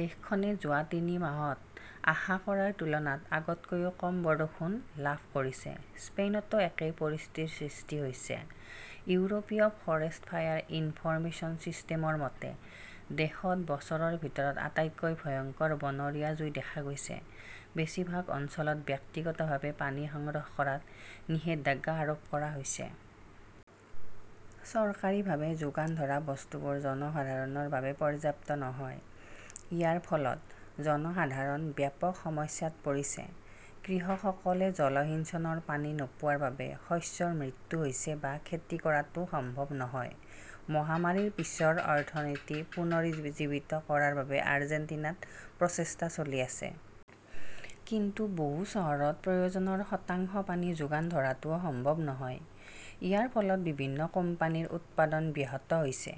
দেশখনে যোৱা তিনি মাহত আশা কৰাৰ তুলনাত আধাতকৈও কম বৰষুণ লাভ কৰিছে। স্পেইনতো একেই পৰিস্থিতিৰ সৃষ্টি হৈছে। ইউৰোপীয় ফৰেষ্ট ফায়াৰ ইনফৰমেচন চিষ্টেমৰ মতে, দেশত বছৰৰ ভিতৰত আটাইতকৈ ভয়ংকৰ বনৰীয়া জুই দেখা গৈছে। বেছিভাগ অঞ্চলত ব্যক্তিগতভাৱে পানী সংগ্ৰহ কৰাত নিষেধাজ্ঞা আৰোপ কৰা হৈছে। চৰকাৰীভাৱে যোগান ধৰা বস্তুবোৰ জনসাধাৰণৰ বাবে পৰ্যাপ্ত নহয়। ইয়াৰ ফলত জনসাধাৰণ ব্যাপক সমস্যাত পৰিছে। কৃষকসকলে জলসিঞ্চনৰ পানী নোপোৱাৰ বাবে শস্যৰ মৃত্যু হৈছে বা খেতি কৰাটো সম্ভৱ নহয়। মহামাৰীৰ পিছৰ অৰ্থনীতি পুনৰুজ্জীৱিত কৰাৰ বাবে আৰ্জেণ্টিনাত প্ৰচেষ্টা চলি আছে। কিন্তু বহু চহৰত প্ৰয়োজনৰ শতাংশ পানী যোগান ধৰাটোও সম্ভৱ নহয়। ইয়াৰ ফলত বিভিন্ন কোম্পানীৰ উৎপাদন ব্যাহত হৈছে।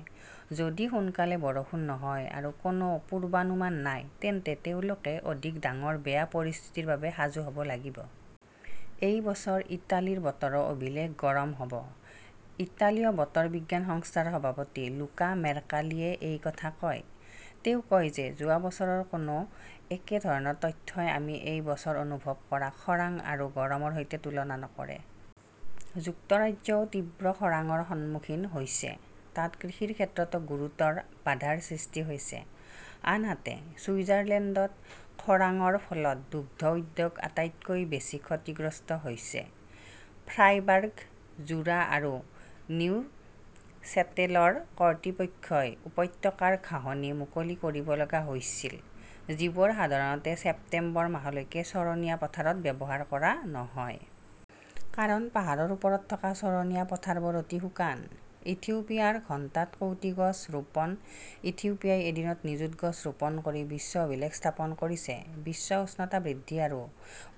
যদি সোনকালে বৰষুণ নহয় আৰু কোনো পূৰ্বানুমান নাই তেন্তে তেওঁলোকে অধিক ডাঙৰ বেয়া পৰিস্থিতিৰ বাবে সাজু হ'ব লাগিব। এই বছৰ ইটালীৰ বতৰো অভিলেখ গৰম হ'ব। ইটালীয় বতৰ বিজ্ঞান সংস্থাৰ সভাপতি লুকা মেৰ্কালীয়ে এই কথা কয়। তেওঁ কয় যে যোৱা বছৰৰ কোনো একে ধৰণৰ তথ্যই আমি এই বছৰ অনুভৱ কৰা খৰাং আৰু গৰমৰ সৈতে তুলনা নকৰে। যুক্তৰাজ্যও তীব্ৰ খৰাংৰ সন্মুখীন হৈছে। তাত কৃষিৰ ক্ষেত্ৰতো গুৰুতৰ বাধাৰ সৃষ্টি হৈছে। আনহাতে, ছুইজাৰলেণ্ডত খৰাংৰ ফলত দুগ্ধ উদ্যোগ আটাইতকৈ বেছি ক্ষতিগ্ৰস্ত হৈছে। ফ্ৰাইবাৰ্গ, জুৰা আৰু নিউচেটেলৰ কৰ্তৃপক্ষই উপত্যকাৰ ঘাঁহনি মুকলি কৰিব লগা হৈছিল যিবোৰ সাধাৰণতে ছেপ্টেম্বৰ মাহলৈকে চৰণীয়া পথাৰত ব্যৱহাৰ কৰা নহয়। কাৰণ পাহাৰৰ ওপৰত থকা চৰণীয়া পথাৰবোৰ অতি শুকান। ইথিওপিয়াৰ ঘণ্টাত কোটি গছ ৰোপণ ইথিওপিয়াই এদিনত নিযুত গছ ৰোপণ কৰি বিশ্ব অভিলেখ স্থাপন কৰিছে। বিশ্ব উষ্ণতা বৃদ্ধি আৰু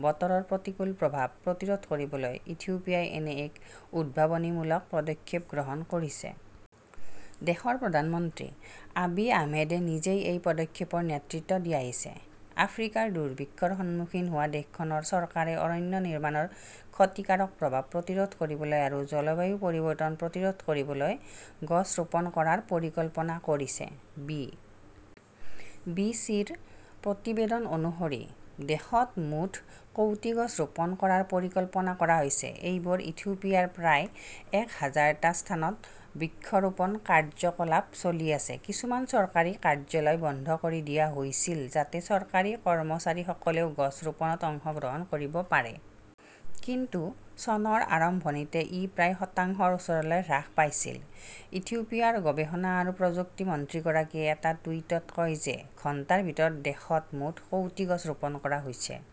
বতৰৰ প্ৰতিকূল প্ৰভাৱ প্ৰতিৰোধ কৰিবলৈ ইথিওপিয়াই এনে এক উদ্ভাৱনীমূলক পদক্ষেপ গ্ৰহণ কৰিছে। দেশৰ প্ৰধানমন্ত্ৰী আবি আহমেদে নিজেই এই পদক্ষেপৰ নেতৃত্ব দি আহিছে। আফ্ৰিকাৰ দুৰ্ভিক্ষৰ সন্মুখীন হোৱা দেশখনৰ চৰকাৰে অৰণ্য নিৰ্মাণৰ ক্ষতিকাৰক প্ৰভাৱ প্ৰতিৰোধ কৰিবলৈ আৰু জলবায়ু পৰিৱৰ্তন প্ৰতিৰোধ কৰিবলৈ গছ ৰোপণ কৰাৰ পৰিকল্পনা কৰিছে। বি. বি. চি. -ৰ প্ৰতিবেদন অনুসৰি দেশত মুঠ কোটি গছ ৰোপণ কৰাৰ পৰিকল্পনা কৰা হৈছে। এইবাৰ ইথিওপিয়াৰ প্ৰায় এক হাজাৰটা স্থানত বৃক্ষৰোপণ কাৰ্যকলাপ চলি আছে। কিছুমান চৰকাৰী কাৰ্যালয় বন্ধ কৰি দিয়া হৈছিল যাতে চৰকাৰী কৰ্মচাৰীসকলেও গছ ৰোপণত অংশগ্ৰহণ কৰিব পাৰে। কিন্তু চনৰ আৰম্ভণিতে ই প্ৰায় শতাংশৰ ওচৰলৈ হ্ৰাস পাইছিল। ইথিওপিয়াৰ গৱেষণা আৰু প্ৰযুক্তি মন্ত্ৰীগৰাকীয়ে এটা টুইটত কয় যে ঘণ্টাৰ ভিতৰত দেশত মুঠ কোটি গছ ৰোপণ কৰা হৈছিল।